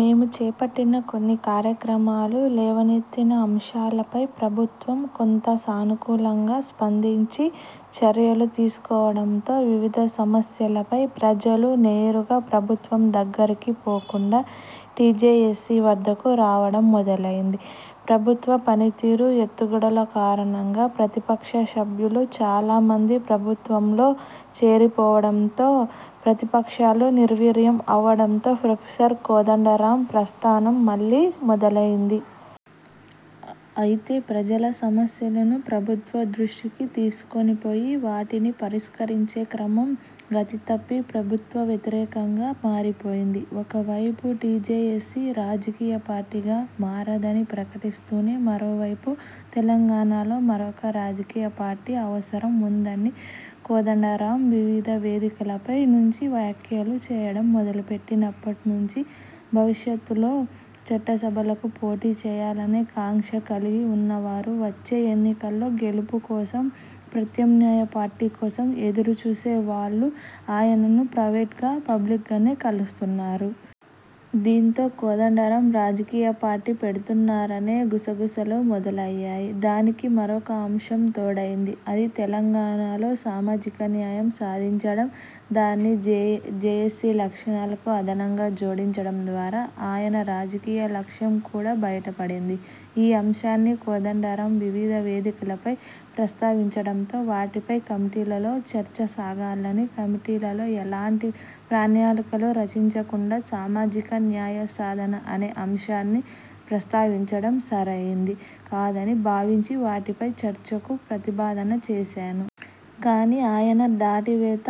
మేము చేపట్టిన కొన్ని కార్యక్రమాలు, లేవనెత్తిన అంశాలపై ప్రభుత్వం కొంత సానుకూలంగా స్పందించి చర్యలు తీసుకోవడంతో వివిధ సమస్యలపై ప్రజలు నేరుగా ప్రభుత్వం దగ్గరికి పోకుండా టీజేఏసీ వద్దకు రావడం మొదలైంది. ప్రభుత్వ పనితీరు, ఎత్తుగడల కారణంగా ప్రతిపక్ష సభ్యులు చాలా మంది ప్రభుత్వంలో చేరిపోవడంతో ప్రతిపక్షాలు నిర్వీర్యం అవడంతో ప్రొఫెసర్ కోదండరామ్ ప్రస్థానం మళ్లీ మొదలైంది. అయితే ప్రజల సమస్యలను ప్రభుత్వ దృష్టికి తీసుకొని పోయి వాటిని పరిష్కరించే క్రమం 'గతి తప్పి' ప్రభుత్వ వ్యతిరేకతగా మారిపోయింది. ఒకవైపు టీజేఏసీ రాజకీయ పార్టీగా మారదని ప్రకటిస్తూనే మరోవైపు తెలంగాణలో మరొక రాజకీయ పార్టీ అవసరం ఉందని కోదండరామ్ వివిధ వేదికలపై నుంచి వ్యాఖ్యలు చేయడం మొదలుపెట్టినప్పటి నుంచీ భవిష్యత్లో చట్టసభలకు పోటీ చేయాలనే కాంక్ష కలిగి ఉన్నవారు, వచ్చే ఎన్నికలలో గెలుపు కోసం ప్రత్యామ్నాయ పార్టీ కోసం ఎదురుచూసే వాళ్ళు ఆయనను ప్రైవేటుగా, పబ్లిక్గానే కలుస్తున్నారు. దీంతో కోదండరాం రాజకీయ పార్టీ పెడుతున్నారనే గుసగుసలు మొదలయ్యాయి. దానికి మరొక అంశం తోడైంది. అది 'తెలంగాణలో సామాజిక న్యాయం సాధించడం' దాన్ని జేఏసీ లక్ష్యాలకు అదనంగా జోడించడం ద్వారా ఆయన రాజకీయ లక్ష్యం కూడా బయటపడింది. ఈ అంశాన్ని కోదండరామ్ వివిధ వేదికలపై ప్రస్తావించడంతో వాటిపై కమిటీలో చర్చ సాగాలని కమిటీలో ఎలాంటి ప్రణాళికలు రచించకుండానే సామాజిక న్యాయ సాధన అనే అంశాన్ని ప్రస్తావించడం సరైంది కాదని భావించి వాటిపై చర్చకు ప్రతిపాదన చేశాను. కానీ ఆయన దాటవేత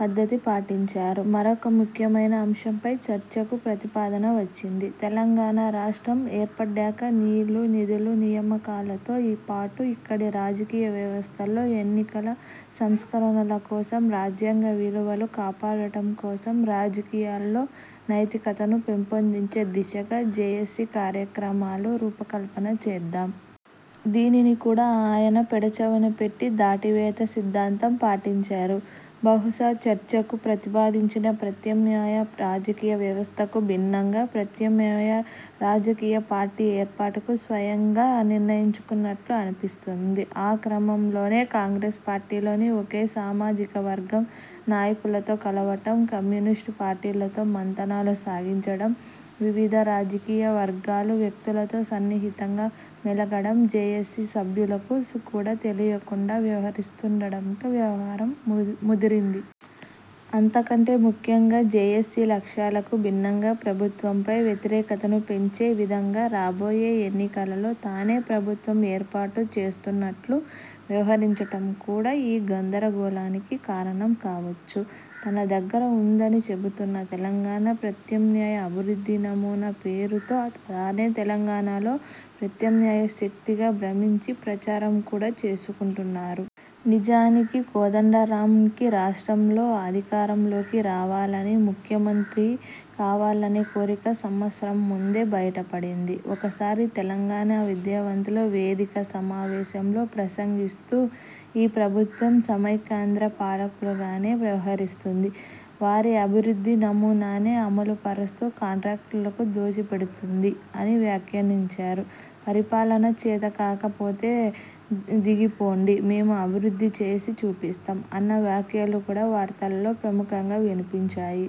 పద్ధతి పాటించారు. మరొక ముఖ్యమైన అంశంపై చర్చకు ప్రతిపాదన వచ్చింది 'తెలంగాణ రాష్ట్రం ఏర్పడ్డాక నీళ్ళు, నిధులు, నియామకాలతో పాటు ఇక్కడి రాజకీయ వ్యవస్థలో ఎన్నికల సంస్కరణల కోసం, రాజ్యాంగ విలువలు కాపాడటం కోసం, రాజకీయాల్లో నైతికతను పెంపొందించే దిశగా జేఏసీ కార్యక్రమాల రూపకల్పన చేద్దాం'. దీనిని కూడా ఆయన పెడచెవిన పెట్టి దాటవేత సిద్ధాంతం పాటించారు. బహుశా చర్చకు ప్రతిపాదించిన ప్రత్యామ్నాయ రాజకీయ వ్యవస్థకు భిన్నంగా ప్రత్యామ్నాయ రాజకీయ పార్టీ ఏర్పాటుకు స్వయంగా నిర్ణయించుకున్నట్లు అనిపిస్తుంది. ఆ క్రమంలోనే కాంగ్రెస్ పార్టీలోని ఒకే సామాజిక వర్గం నాయకులతో కలవడం, కమ్యూనిస్టు పార్టీలతో మంతనాలు సాగించడం వివిధ రాజకీయ వర్గాల వ్యక్తులతో సన్నిహితంగా మెలగడం, జేఏసీ సభ్యులకు కూడా తెలియకుండా వ్యవహరిస్తుండడంతో వ్యవహారం ముదిరింది. అంతకంటే ముఖ్యంగా జేఏసీ లక్ష్యాలకు భిన్నంగా ప్రభుత్వంపై వ్యతిరేకతను పెంచే విధంగా రాబోయే ఎన్నికలలో తనే ప్రభుత్వం ఏర్పాటు చేస్తున్నట్లు వ్యవహరించటం కూడా ఈ గందరగోళానికి కారణం కావచ్చు. తన దగ్గర ఉందని చెబుతున్న 'తెలంగాణ ప్రత్యామ్నాయ అభివృద్ధి నమూనా' పేరుతో తనే తెలంగాణలో ప్రత్యామ్నాయ శక్తిగా భ్రమించి ప్రచారం కూడా చేసుకుంటున్నారు. నిజానికి కోదండరామ్కి రాష్ట్రంలో అధికారంలోకి రావాలని, ముఖ్యమంత్రి కావాలనే 'కోరిక' సంవత్సరం ముందే బయటపడింది. ఒకసారి తెలంగాణ విద్యావంతుల వేదిక సమావేశంలో ప్రసంగిస్తూ 'ఈ ప్రభుత్వం సమైక్యాంధ్ర పాలకులుగానే వ్యవహరిస్తుంది – వారి అభివృద్ధి నమూనానే అమలు పరుస్తూ కాంట్రాక్టర్లకు దోచిపెడుతుంది' అని వ్యాఖ్యానించారు. 'పరిపాలన చేతకాక పోతే దిగిపోండి, మేము అభివృద్ధి చేసి చూపిస్తాం' అన్న వ్యాఖ్యలు కూడా వార్తలలో ప్రముఖంగా వినిపించాయి.